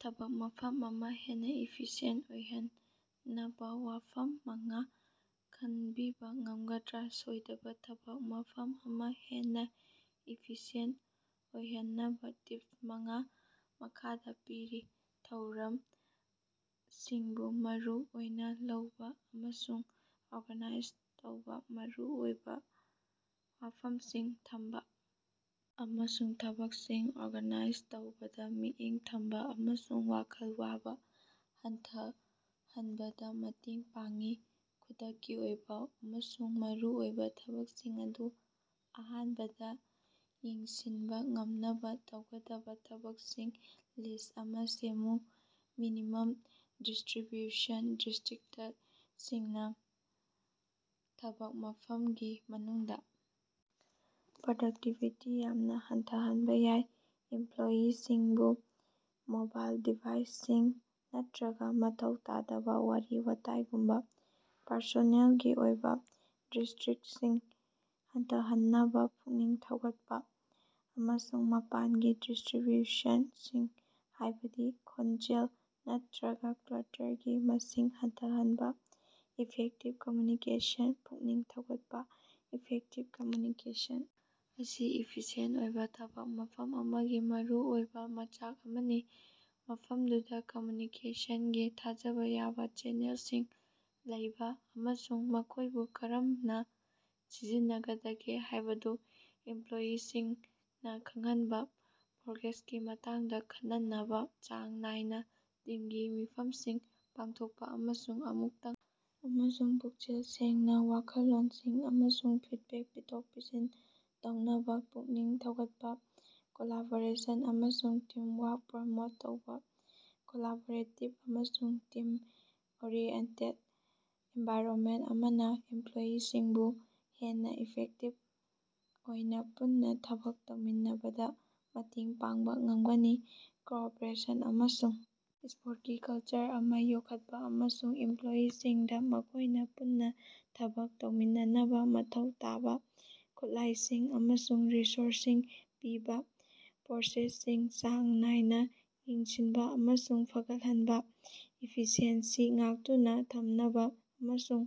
ꯊꯕꯛ ꯃꯐꯝ ꯑꯃ ꯍꯦꯟꯅ ꯏꯐꯤꯁꯤꯌꯦꯟꯇ ꯑꯣꯏꯍꯟꯅꯕ ꯋꯥꯐꯝ ꯃꯉꯥ ꯈꯟꯕꯤꯕ ꯉꯝꯒꯗ꯭ꯔꯥ? ꯁꯣꯏꯗꯕ ꯊꯕꯛ ꯃꯐꯝ ꯑꯃ ꯍꯦꯟꯅ ꯏꯐꯤꯁꯤꯑꯦꯟꯇ ꯑꯣꯏꯍꯟꯅꯕ ꯇꯤꯄꯁ ꯃꯉꯥ ꯃꯈꯥꯗ ꯄꯤꯔꯤ - ꯊꯧꯔꯝꯁꯤꯡꯕꯨ ꯃꯔꯨ ꯑꯣꯏꯅ ꯂꯧꯕ ꯑꯃꯁꯨꯡ ꯑꯣꯔꯒꯥꯅꯥꯏꯖ ꯇꯧꯕ, ꯃꯔꯨ ꯑꯣꯏꯕ ꯋꯥꯐꯝꯁꯤꯡ ꯊꯝꯕ ꯑꯃꯁꯨꯡ ꯊꯕꯛꯁꯤꯡ ꯑꯣꯔꯒꯥꯅꯥꯏꯖ ꯇꯧꯕꯅ ꯃꯤꯠꯌꯦꯡ ꯊꯝꯕꯥ ꯑꯃꯁꯨꯡ ꯋꯥꯈꯜ ꯋꯥꯕ ꯍꯟꯊꯍꯟꯕꯗ ꯃꯇꯦꯡ ꯄꯥꯡꯏ꯫ ꯈꯨꯗꯛꯀꯤ ꯑꯣꯏꯕ ꯑꯃꯁꯨꯡ ꯃꯔꯨꯑꯣꯏꯕ ꯊꯕꯛꯁꯤꯡ ꯑꯗꯨ ꯑꯍꯥꯟꯕꯗ ꯌꯦꯡꯁꯤꯟꯕ ꯉꯝꯅꯕ ꯇꯧꯒꯗꯕ ꯊꯕꯛꯁꯤꯡꯒꯤ ꯂꯤꯁ꯭ꯠ ꯑꯃ ꯁꯦꯝꯃꯨ꯫ ꯃꯤꯅꯤꯃꯝ ꯗꯤꯁꯇ꯭ꯔꯤꯕ꯭ꯌꯨꯁꯟ - ꯗꯤꯁꯇ꯭ꯔꯤꯛꯇꯁꯤꯡꯅ ꯊꯕꯛ ꯃꯐꯝꯒꯤ ꯃꯅꯨꯡꯗ ꯄ꯭ꯔꯗꯛꯇꯤꯕꯤꯇꯤ ꯌꯥꯝꯅ ꯍꯟꯊꯍꯟꯕ ꯌꯥꯏ꯫ ꯏꯝꯄ꯭ꯂꯣꯌꯤꯁꯤꯡꯕꯨ ꯃꯣꯕꯥꯏꯜ ꯗꯤꯚꯥꯏꯁꯁꯤꯡ ꯅꯠꯇꯔꯒ ꯃꯊꯧ ꯇꯥꯗꯕ ꯋꯥꯔꯤ-ꯋꯥꯇꯥꯏꯒꯨꯝꯕ ꯄꯔꯁꯣꯅꯦꯜꯒꯤ ꯑꯣꯏꯕ ꯗꯤꯁꯇ꯭ꯔꯤꯛꯁꯁꯤꯡ ꯍꯟꯊꯍꯟꯅꯕ ꯄꯨꯛꯅꯤꯡ ꯊꯧꯒꯠꯄ, ꯑꯃꯁꯨꯡ ꯃꯄꯥꯟꯒꯤ ꯗꯤꯁꯇ꯭ꯔꯤꯕ꯭ꯌꯨꯁꯟꯁꯤꯡ ꯍꯥꯏꯕꯗꯤ ꯈꯣꯟꯖꯦꯜ ꯅꯠꯇꯔꯒ ꯀ꯭ꯂꯇꯔꯒꯤ ꯃꯁꯤꯡ ꯍꯟꯊꯍꯟꯕ꯫ ꯏꯐꯦꯛꯇꯤꯕ ꯀꯝꯃ꯭ꯌꯨꯅꯤꯀꯦꯁꯟ ꯄꯨꯛꯅꯤꯡ ꯊꯧꯒꯠꯄ - ꯏꯐꯦꯛꯇꯤꯕ ꯀꯝꯃ꯭ꯌꯨꯅꯤꯀꯦꯁꯟ ꯑꯁꯤ ꯏꯐꯤꯁꯤꯌꯦꯟꯇ ꯑꯣꯏꯕ ꯊꯕꯛ ꯃꯐꯝ ꯑꯃꯒꯤ ꯃꯔꯨ ꯑꯣꯏꯕ ꯃꯆꯥꯛ ꯑꯃꯅꯤ꯫ ꯃꯐꯝꯗꯨꯗ ꯀꯝꯃ꯭ꯌꯨꯅꯤꯀꯦꯁꯟꯒꯤ ꯊꯥꯖꯕ ꯌꯥꯕ ꯆꯦꯅꯦꯜꯁꯤꯡ ꯂꯩꯕ ꯑꯃꯁꯨꯡ ꯃꯈꯣꯏꯕꯨ ꯀꯔꯝꯅ ꯁꯤꯖꯤꯟꯅꯒꯗꯒꯦ ꯍꯥꯏꯕꯗꯨ ꯏꯝꯄ꯭ꯂꯣꯌꯤꯁꯤꯡꯅ ꯈꯪꯍꯟꯕ꯫ ꯄ꯭ꯔꯣꯒ꯭ꯔꯦꯁꯀꯤ ꯃꯇꯥꯡꯗ ꯈꯟꯅꯅꯕ ꯆꯥꯡ ꯅꯥꯏꯅ ꯇꯤꯝꯒꯤ ꯃꯤꯐꯝꯁꯤꯡ ꯄꯥꯡꯊꯣꯛꯄ, ꯑꯃꯁꯨꯡ ꯑꯃꯨꯛꯇꯪ ꯑꯃꯁꯨꯡ ꯄꯨꯛꯆꯦꯜ ꯁꯦꯡꯅ ꯋꯥꯈꯜꯂꯣꯟꯁꯤꯡ ꯑꯃꯁꯨꯡ ꯐꯤꯗꯕꯦꯛ ꯄꯤꯊꯣꯛ-ꯄꯤꯁꯤꯟ ꯇꯧꯅꯕ ꯄꯨꯛꯅꯤꯡ ꯊꯧꯒꯠꯄ꯫ ꯀꯣꯂꯥꯕꯣꯔꯦꯁꯟ ꯑꯃꯁꯨꯡ ꯇꯤꯝꯋꯥ꯭ꯔꯛ ꯄ꯭ꯔꯃꯣꯠ ꯇꯧꯕꯥ - ꯀꯣꯂꯥꯕꯣꯔꯦꯇꯤꯕ ꯑꯃꯁꯨꯡ ꯇꯤꯝ-ꯑꯣꯔꯤꯑꯦꯟꯇꯦꯗ ꯑꯦꯟꯚꯥꯏꯔꯟꯃꯦꯟꯇ ꯑꯃꯅ ꯏꯝꯄꯂꯣꯌꯤꯁꯤꯡꯕꯨ ꯍꯦꯟꯅ ꯏꯐꯦꯛꯇꯤꯕ ꯑꯣꯏꯅ ꯄꯨꯟꯅ ꯊꯕꯛ ꯇꯧꯃꯤꯟꯅꯕꯗ ꯃꯇꯦꯡ ꯄꯥꯡꯕ ꯉꯝꯒꯅꯤ꯫ ꯀꯣꯑꯣꯄꯔꯦꯁꯟ ꯑꯃꯁꯨꯡ ꯁꯄꯣꯔꯇꯀꯤ ꯀꯜꯆꯔ ꯑꯃ ꯌꯣꯛꯈꯠꯄ, ꯑꯃꯁꯨꯡ ꯏꯝꯄ꯭ꯂꯣꯌꯤꯁꯤꯡꯗ ꯃꯈꯣꯏꯅ ꯄꯨꯟꯅ ꯊꯕꯛ ꯇꯧꯃꯤꯟꯅꯅꯕ ꯃꯊꯧ ꯇꯥꯕ ꯈꯨꯠꯂꯥꯏꯁꯤꯡ ꯑꯃꯁꯨꯡ ꯔꯤꯁꯣꯔꯁꯁꯤꯡ ꯄꯤꯕ꯫ ꯄ꯭ꯔꯣꯁꯦꯁꯁꯤꯡ ꯆꯥꯡ ꯅꯥꯏꯅ ꯌꯦꯡꯁꯤꯟꯕ ꯑꯃꯁꯨꯡ ꯐꯒꯠꯍꯟꯕ - ꯏꯐꯤꯁꯤꯑꯦꯟꯁꯤ ꯉꯥꯛꯇꯨꯅ ꯊꯝꯅꯕ ꯑꯃꯁꯨꯡ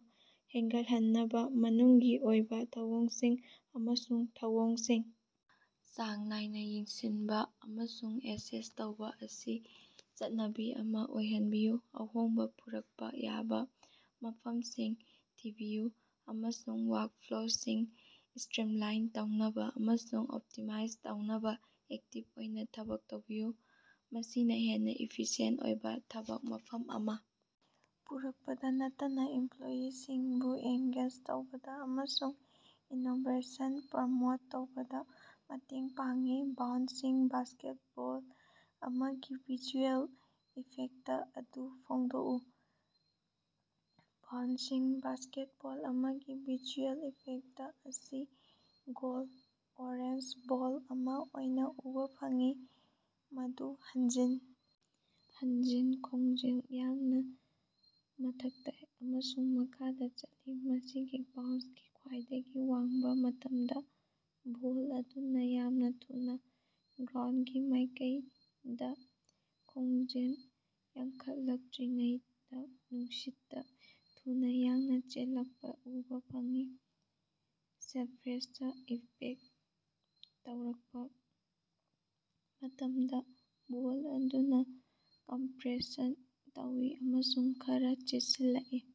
ꯍꯦꯟꯒꯠꯍꯟꯅꯕ, ꯃꯅꯨꯡꯒꯤ ꯑꯣꯏꯕ ꯊꯧꯑꯣꯡꯁꯤꯡ ꯑꯃꯁꯨꯡ ꯊꯧꯑꯣꯡꯁꯤꯡ ꯆꯥꯡ ꯅꯥꯏꯅ ꯌꯦꯡꯁꯤꯟꯕ ꯑꯃꯁꯨꯡ ꯑꯦꯁꯦꯁ ꯇꯧꯕ ꯑꯁꯤ ꯆꯠꯅꯕꯤ ꯑꯃ ꯑꯣꯏꯍꯟꯕꯤꯌꯨ꯫ ꯑꯍꯣꯡꯕ ꯄꯨꯔꯛꯄ ꯌꯥꯕ ꯃꯐꯝꯁꯤꯡ ꯊꯤꯕꯤꯌꯨ, ꯑꯃꯁꯨꯡ ꯋꯥ꯭ꯔꯛꯐ꯭ꯂꯣꯁꯤꯡ ꯁ꯭ꯇꯔꯤꯝꯂꯥꯏꯟ ꯇꯧꯅꯕ ꯑꯃꯁꯨꯡ ꯑꯣꯞꯇꯤꯃꯥꯏꯖ ꯇꯧꯅꯕ ꯑꯦꯛꯇꯤꯕ ꯑꯣꯏꯅ ꯊꯕꯛ ꯇꯧꯕꯤꯌꯨ꯫ ꯃꯁꯤꯅ ꯍꯦꯟꯅ ꯏꯐꯤꯁꯤꯌꯦꯟꯇ ꯑꯣꯏꯕ ꯊꯕꯛ ꯃꯐꯝ ꯑꯃ ꯄꯨꯔꯛꯄꯗ ꯅꯠꯇꯅ ꯏꯝꯄ꯭ꯂꯣꯌꯤꯁꯤꯡꯕꯨ ꯑꯦꯡꯒꯦꯖ ꯇꯧꯕꯗ ꯑꯃꯁꯨꯡ ꯏꯅꯣꯕꯦꯁꯟ ꯄ꯭ꯔꯃꯣꯠ ꯇꯧꯕꯗ ꯃꯇꯦꯡ ꯄꯥꯡꯏ꯫ ꯕꯥꯎꯟꯁꯤꯡ ꯕꯥꯁꯀꯦꯠꯕꯣꯜ ꯑꯃꯒꯤ ꯚꯤꯖꯨꯑꯦꯜ ꯏꯐꯦꯛꯇ ꯑꯗꯨ ꯐꯣꯡꯗꯣꯛꯎ꯫ ꯕꯥꯎꯟꯁꯤꯡ ꯕꯥꯁꯀꯦꯠꯕꯣꯜ ꯑꯃꯒꯤ ꯚꯤꯖꯨꯑꯦꯜ ꯏꯐꯦꯛꯇ ꯑꯁꯤ ꯒꯣꯜꯗ ꯑꯣꯔꯦꯟꯖ ꯕꯣꯜ ꯑꯃ ꯑꯣꯏꯅ ꯎꯕ ꯐꯪꯏ, ꯃꯗꯨ ꯍꯟꯖꯤꯟ ꯍꯟꯖꯤꯟ ꯈꯣꯡꯖꯦꯜ ꯌꯥꯡꯅ ꯃꯊꯛꯇ ꯑꯃꯁꯨꯡ ꯃꯈꯥꯗ ꯆꯠꯂꯤ꯫ ꯃꯁꯤꯒꯤ ꯕꯥꯎꯟꯁꯀꯤ ꯈ꯭ꯋꯥꯏꯗꯒꯤ ꯋꯥꯡꯕ ꯃꯇꯝꯗ, ꯕꯣꯜ ꯑꯗꯨꯅ ꯌꯥꯝꯅ ꯊꯨꯅ ꯒ꯭ꯔꯥꯎꯟꯗꯒꯤ ꯃꯥꯏꯀꯩꯗ ꯈꯣꯡꯖꯦꯜ ꯌꯥꯡꯈꯠꯂꯛꯇꯔꯤꯉꯩꯗ‌ ꯅꯨꯡꯁꯤꯠꯇ ꯊꯨꯅ ꯌꯥꯡꯅ ꯆꯦꯜꯂꯛꯄ ꯎꯕꯥ ꯐꯪꯏ꯫ ꯁꯔꯐꯦꯁꯇ ꯏꯝꯄꯦꯛꯇ ꯇꯧꯔꯛꯄ ꯃꯇꯝꯗ, ꯕꯣꯜ ꯑꯗꯨꯅ ꯀꯝꯄ꯭ꯔꯦꯁꯟ ꯇꯧꯏ ꯑꯃꯁꯨꯡ ꯈꯔꯥ ꯆꯦꯠꯁꯤꯜꯂꯛꯏ꯫